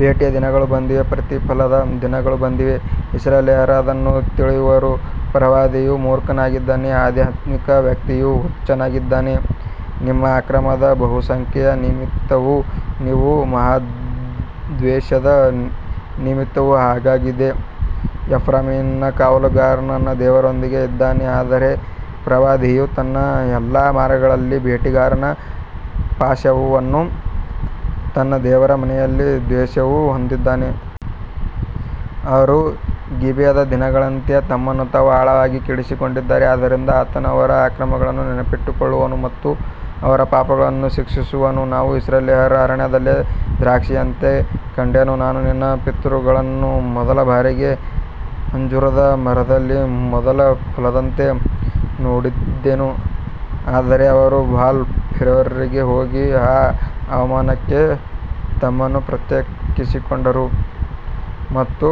ಭೇಟಿಯ ದಿನಗಳು ಬಂದಿವೆ, ಪ್ರತಿಫಲದ ದಿನಗಳು ಬಂದಿವೆ, ಇಸ್ರಾಯೇಲ್ಯರು ಅದನ್ನು ತಿಳಿಯುವರು. ಪ್ರವಾದಿಯು ಮೂರ್ಖನಾಗಿದ್ದಾನೆ, ಆಧ್ಯಾತ್ಮಿಕ ವ್ಯಕ್ತಿಯು ಹುಚ್ಚನಾಗಿದ್ದಾನೆ, ನಿಮ್ಮ ಅಕ್ರಮದ ಬಹುಸಂಖ್ಯೆಯ ನಿಮಿತ್ತವೂ ನಿಮ್ಮ ಮಹಾದ್ವೇಷದ ನಿಮಿತ್ತವೂ ಹೀಗಾಗಿದೆ. ಎಫ್ರಾಯೀಮಿನ ಕಾವಲುಗಾರನು ನನ್ನ ದೇವರೊಂದಿಗೆ ಇದ್ದಾನೆ, ಆದರೆ ಪ್ರವಾದಿಯು ತನ್ನ ಎಲ್ಲಾ ಮಾರ್ಗಗಳಲ್ಲಿ ಬೇಟೆಗಾರನ ಪಾಶವನ್ನೂ ತನ್ನ ದೇವರ ಮನೆಯಲ್ಲಿ ದ್ವೇಷವನ್ನೂ ಹೊಂದಿದ್ದಾನೆ. ಅವರು ಗಿಬೆಯದ ದಿನಗಳಂತೆ ತಮ್ಮನ್ನು ತಾವು ಆಳವಾಗಿ ಕೆಡಿಸಿಕೊಂಡಿದ್ದಾರೆ, ಆದ್ದರಿಂದ ಆತನು ಅವರ ಅಕ್ರಮವನ್ನು ನೆನಪಿಸಿಕೊಳ್ಳುವನು ಮತ್ತು ಅವರ ಪಾಪಗಳನ್ನು ಶಿಕ್ಷಿಸುವನು. ನಾನು ಇಸ್ರಾಯೇಲ್ಯರನ್ನು ಅರಣ್ಯದಲ್ಲಿ ದ್ರಾಕ್ಷಿಯಂತೆ ಕಂಡೆನು, ನಾನು ನಿನ್ನ ಪಿತೃಗಳನ್ನು ಮೊದಲ ಬಾರಿಗೆ ಅಂಜೂರದ ಮರದಲ್ಲಿ ಮೊದಲ ಫಲದಂತೆ ನೋಡಿದೆನು, ಆದರೆ ಅವರು ಬಾಲ್ ಪೆಯೋರಿಗೆ ಹೋಗಿ ಆ ಅವಮಾನಕ್ಕೆ ತಮ್ಮನ್ನು ಪ್ರತ್ಯೇಕಿಸಿಕೊಂಡರು ಮತ್ತು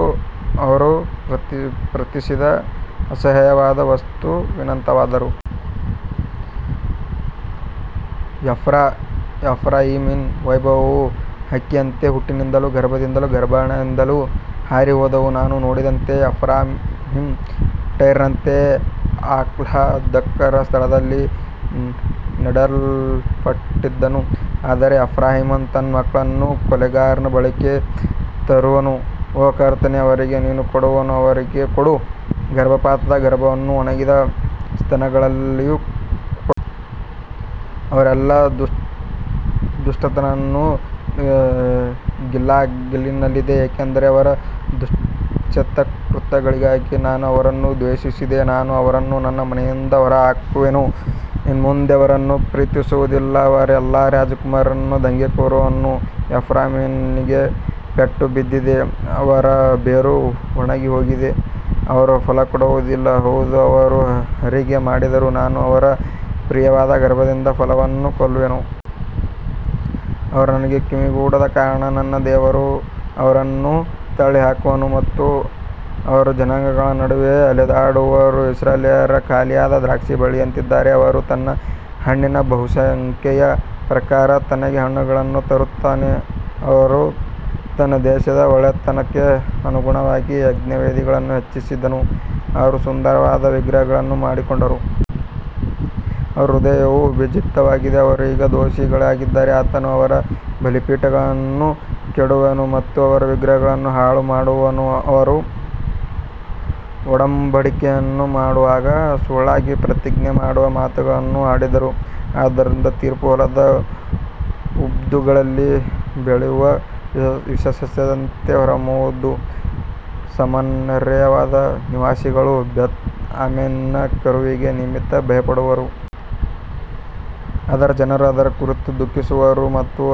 ಅವರು ಪ್ರೀತಿಸಿದ ಅಸಹ್ಯವಾದ ವಸ್ತುವಿನಂತಾದರು. ಎಫ್ರಾಯೀಮಿನ ವೈಭವವು ಹಕ್ಕಿಯಂತೆ ಹುಟ್ಟಿನಿಂದಲೂ ಗರ್ಭದಿಂದಲೂ ಗರ್ಭಧಾರಣೆಯಿಂದಲೂ ಹಾರಿಹೋಗುವುದು. ನಾನು ನೋಡಿದಂತೆ ಎಫ್ರಾಯೀಮ್ ಟೈರಿನಂತೆ ಆಹ್ಲಾದಕರ ಸ್ಥಳದಲ್ಲಿ ನೆಡಲ್ಪಟ್ಟಿದ್ದನು, ಆದರೆ ಎಫ್ರಾಯೀಮ್ ತನ್ನ ಮಕ್ಕಳನ್ನು ಕೊಲೆಗಾರನ ಬಳಿಗೆ ತರುವನು. ಓ ಕರ್ತನೇ, ಅವರಿಗೆ ನೀನು ಕೊಡುವುದನ್ನು ಅವರಿಗೆ ಕೊಡು, ಗರ್ಭಪಾತದ ಗರ್ಭವನ್ನೂ ಒಣಗಿದ ಸ್ತನಗಳನ್ನೂ ಕೊಡು. ಅವರ ಎಲ್ಲಾ ದುಷ್ಟತನವು ಗಿಲ್ಗಾಲಿನಲ್ಲಿದೆ, ಏಕೆಂದರೆ ಅವರ ದುಷ್ಕೃತ್ಯಗಳಿಗಾಗಿ ನಾನು ಅವರನ್ನು ದ್ವೇಷಿಸಿದೆ. ನಾನು ಅವರನ್ನು ನನ್ನ ಮನೆಯಿಂದ ಹೊರಹಾಕುವೆನು, ಇನ್ನು ಮುಂದೆ ಅವರನ್ನು ಪ್ರೀತಿಸುವುದಿಲ್ಲ. ಅವರ ಎಲ್ಲಾ ರಾಜಕುಮಾರರು ದಂಗೆಕೋರರು. ಎಫ್ರಾಯೀಮಿಗೆ ಪೆಟ್ಟು ಬಿದ್ದಿದೆ, ಅವರ ಬೇರು ಒಣಗಿಹೋಗಿದೆ, ಅವರು ಫಲ ಕೊಡುವುದಿಲ್ಲ. ಹೌದು, ಅವರು ಹೆರಿಗೆ ಮಾಡಿದರೂ ನಾನು ಅವರ ಪ್ರಿಯವಾದ ಗರ್ಭದ ಫಲವನ್ನೂ ಕೊಲ್ಲುವೆನು. ಅವರು ನನಗೆ ಕಿವಿಗೊಡದ ಕಾರಣ ನನ್ನ ದೇವರು ಅವರನ್ನು ತಳ್ಳಿಹಾಕುವನು ಮತ್ತು ಅವರು ಜನಾಂಗಗಳ ನಡುವೆ ಅಲೆದಾಡುವರು. ಇಸ್ರಾಯೇಲ್ಯರು ಖಾಲಿಯಾದ ದ್ರಾಕ್ಷಿಬಳ್ಳಿಯಂತಿದ್ದಾರೆ, ಅವನು ತನ್ನ ಹಣ್ಣಿನ ಬಹುಸಂಖ್ಯೆಯ ಪ್ರಕಾರ ತನಗೆ ಹಣ್ಣುಗಳನ್ನು ತರುತ್ತಾನೆ. ಅವನು ತನ್ನ ದೇಶದ ಒಳ್ಳೆಯತನಕ್ಕೆ ಅನುಗುಣವಾಗಿ ಯಜ್ಞವೇದಿಗಳನ್ನು ಹೆಚ್ಚಿಸಿದನು, ಅವರು ಸುಂದರವಾದ ವಿಗ್ರಹಗಳನ್ನು ಮಾಡಿಕೊಂಡರು. ಅವರ ಹೃದಯವು ವಿಭಜಿತವಾಗಿದೆ, ಅವರು ಈಗ ದೋಷಿಗಳಾಗಿದ್ದಾರೆ. ಆತನು ಅವರ ಬಲಿಪೀಠಗಳನ್ನು ಕೆಡವುವನು ಮತ್ತು ಅವರ ವಿಗ್ರಹಗಳನ್ನು ಹಾಳುಮಾಡುವನು. ಅವರು ಒಡಂಬಡಿಕೆಯನ್ನು ಮಾಡುವಾಗ ಸುಳ್ಳಾಗಿ ಪ್ರತಿಜ್ಞೆ ಮಾಡುವ ಮಾತುಗಳನ್ನು ಆಡಿದರು, ಆದ್ದರಿಂದ ತೀರ್ಪು ಹೊಲದ ಉಬ್ಬುಗಳಲ್ಲಿ ಬೆಳೆಯುವ ವಿಷಸಸ್ಯದಂತೆ ಹೊರಹೊಮ್ಮುವುದು. ಸಮಾರ್ಯದ ನಿವಾಸಿಗಳು ಬೇತ್ ಆವೆನಿನ ಕರುವಿನ ನಿಮಿತ್ತ ಭಯಪಡುವರು. ಅದರ ಜನರು ಅದರ ಕುರಿತು ದುಃಖಿಸುವರು ಮತ್ತು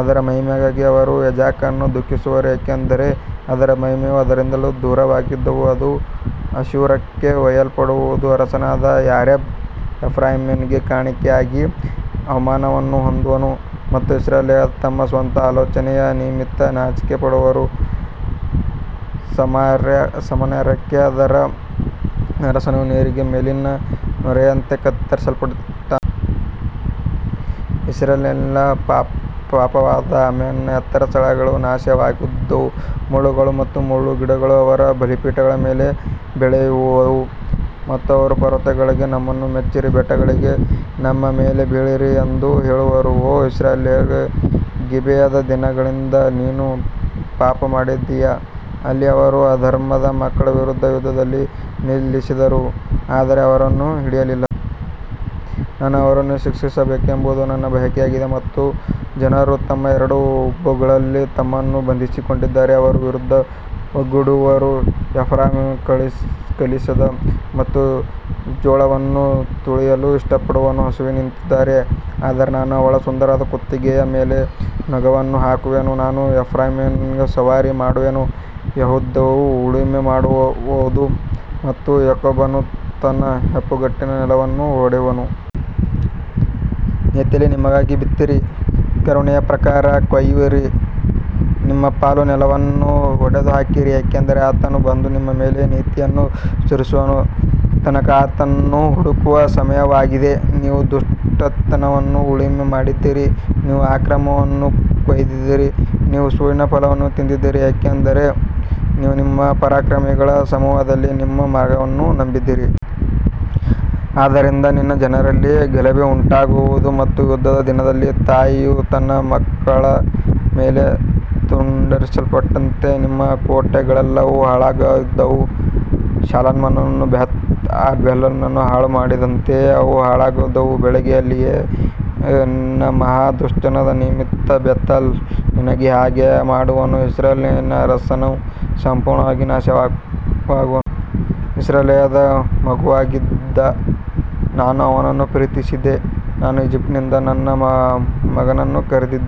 ಅದರ ಮಹಿಮೆಗಾಗಿ ಅದರ ಯಾಜಕರು ದುಃಖಿಸುವರು, ಏಕೆಂದರೆ ಅದರ ಮಹಿಮೆಯು ಅದರಿಂದ ದೂರವಾಗುವುದು. ಅದು ಅಶ್ಶೂರಕ್ಕೆ ಒಯ್ಯಲ್ಪಡುವುದು, ಅರಸನಾದ ಯಾರೆಬ್ ಎಫ್ರಾಯೀಮಿಗೆ ಕಾಣಿಕೆಯಾಗಿ ಅವಮಾನವನ್ನು ಹೊಂದುವನು ಮತ್ತು ಇಸ್ರಾಯೇಲ್ಯರು ತಮ್ಮ ಸ್ವಂತ ಆಲೋಚನೆಯ ನಿಮಿತ್ತ ನಾಚಿಕೆಪಡುವರು. ಸಮಾರ್ಯಕ್ಕೆ ಅದರ ಅರಸನು ನೀರಿನ ಮೇಲಿನ ನೊರೆಯಂತೆ ಕತ್ತರಿಸಲ್ಪಟ್ಟಿದ್ದಾನೆ. ಇಸ್ರಾಯೇಲಿನ ಪಾಪವಾದ ಅವೆನ್ನಿನ ಎತ್ತರದ ಸ್ಥಳಗಳು ನಾಶವಾಗುವವು, ಮುಳ್ಳುಗಳು ಮತ್ತು ಮುಳ್ಳುಗಿಡಗಳು ಅವರ ಬಲಿಪೀಠಗಳ ಮೇಲೆ ಬೆಳೆಯುವವು ಮತ್ತು ಅವರು ಪರ್ವತಗಳಿಗೆ, ನಮ್ಮನ್ನು ಮುಚ್ಚಿರಿ, ಬೆಟ್ಟಗಳಿಗೆ, ನಮ್ಮ ಮೇಲೆ ಬೀಳಿರಿ ಎಂದು ಹೇಳುವರು. ಓ ಇಸ್ರಾಯೇಲೇ, ಗಿಬೆಯದ ದಿನಗಳಿಂದ ನೀನು ಪಾಪಮಾಡಿದ್ದೀಯ. ಅಲ್ಲಿ ಅವರು ಅಧರ್ಮದ ಮಕ್ಕಳ ವಿರುದ್ಧ ಯುದ್ಧವನ್ನು ನಿಲ್ಲಿಸಿದರು, ಆದರೆ ಅವರನ್ನು ಹಿಡಿಯಲಿಲ್ಲ. ನಾನು ಅವರನ್ನು ಶಿಕ್ಷಿಸಬೇಕೆಂಬುದು ನನ್ನ ಬಯಕೆಯಾಗಿದೆ ಮತ್ತು ಜನರು ತಮ್ಮ ಎರಡು ಉಬ್ಬುಗಳಲ್ಲಿ ತಮ್ಮನ್ನು ಬಂಧಿಸಿಕೊಂಡಾಗ ಅವರ ವಿರುದ್ಧ ಒಟ್ಟುಗೂಡುವರು. ಎಫ್ರಾಯೀಮ್ ಕಲಿಸಿದ ಮತ್ತು ಜೋಳವನ್ನು ತುಳಿಯಲು ಇಷ್ಟಪಡುವ ಹಸುವಿನಂತಿದ್ದಾನೆ, ಆದರೆ ನಾನು ಅವಳ ಸುಂದರ ಕುತ್ತಿಗೆಯ ಮೇಲೆ ನೊಗವನ್ನು ಹಾಕುವೆನು. ನಾನು ಎಫ್ರಾಯೀಮನ್ನು ಸವಾರಿ ಮಾಡುವೆನು, ಯೆಹೂದವು ಉಳುಮೆ ಮಾಡುವುದು ಮತ್ತು ಯಾಕೋಬನು ತನ್ನ ಹೆಪ್ಪುಗಟ್ಟಿದ ನೆಲವನ್ನು ಒಡೆಯುವನು. ನೀತಿಯಲ್ಲಿ ನಿಮಗಾಗಿ ಬಿತ್ತಿರಿ, ಕರುಣೆಯ ಪ್ರಕಾರ ಕೊಯ್ಯಿರಿ, ನಿಮ್ಮ ಪಾಳು ನೆಲವನ್ನು ಒಡೆದುಹಾಕಿರಿ, ಏಕೆಂದರೆ ಆತನು ಬಂದು ನಿಮ್ಮ ಮೇಲೆ ನೀತಿಯನ್ನು ಸುರಿಸುವ ತನಕ ಆತನನ್ನು ಹುಡುಕುವ ಸಮಯವಾಗಿದೆ. ನೀವು ದುಷ್ಟತನವನ್ನು ಉಳುಮೆ ಮಾಡಿದ್ದೀರಿ, ನೀವು ಅಕ್ರಮವನ್ನು ಕೊಯ್ದಿದ್ದೀರಿ, ನೀವು ಸುಳ್ಳಿನ ಫಲವನ್ನು ತಿಂದಿದ್ದೀರಿ, ಏಕೆಂದರೆ ನೀವು ನಿಮ್ಮ ಪರಾಕ್ರಮಿಗಳ ಸಮೂಹದಲ್ಲಿ ನಿಮ್ಮ ಮಾರ್ಗವನ್ನು ನಂಬಿದ್ದೀರಿ. ಆದ್ದರಿಂದ ನಿನ್ನ ಜನರಲ್ಲಿ ಗಲಭೆಯುಂಟಾಗುವುದು ಮತ್ತು ಯುದ್ಧದ ದಿನದಲ್ಲಿ ತಾಯಿಯು ತನ್ನ ಮಕ್ಕಳ ಮೇಲೆ ತುಂಡರಿಸಲ್ಪಟ್ಟಂತೆ ನಿಮ್ಮ ಕೋಟೆಗಳೆಲ್ಲವೂ ಹಾಳಾಗುವವು. ಶಾಲ್ಮಾನನು ಬೇತ್ ಅರ್ಬೇಲನ್ನು ಹಾಳುಮಾಡಿದಂತೆ ಅವು ಹಾಳಾಗುವವು. ಬೆಳಿಗ್ಗೆಯಲ್ಲಿಯೇ ನಿನ್ನ ಮಹಾ ದುಷ್ಟತನದ ನಿಮಿತ್ತ ಬೇತೇಲ್ ನಿನಗೆ ಹಾಗೆಯೇ ಮಾಡುವನು. ಇಸ್ರಾಯೇಲಿನ ಅರಸನು ಸಂಪೂರ್ಣವಾಗಿ ನಾಶವಾಗುವನು. ಇಸ್ರಾಯೇಲ್ ಮಗುವಾಗಿದ್ದಾಗ ನಾನು ಅವನನ್ನು ಪ್ರೀತಿಸಿದೆ ಮತ್ತು ಈಜಿಪ್ಟಿನಿಂದ ನನ್ನ ಮಗನನ್ನು ಕರೆದಿದ್ದೇನೆ.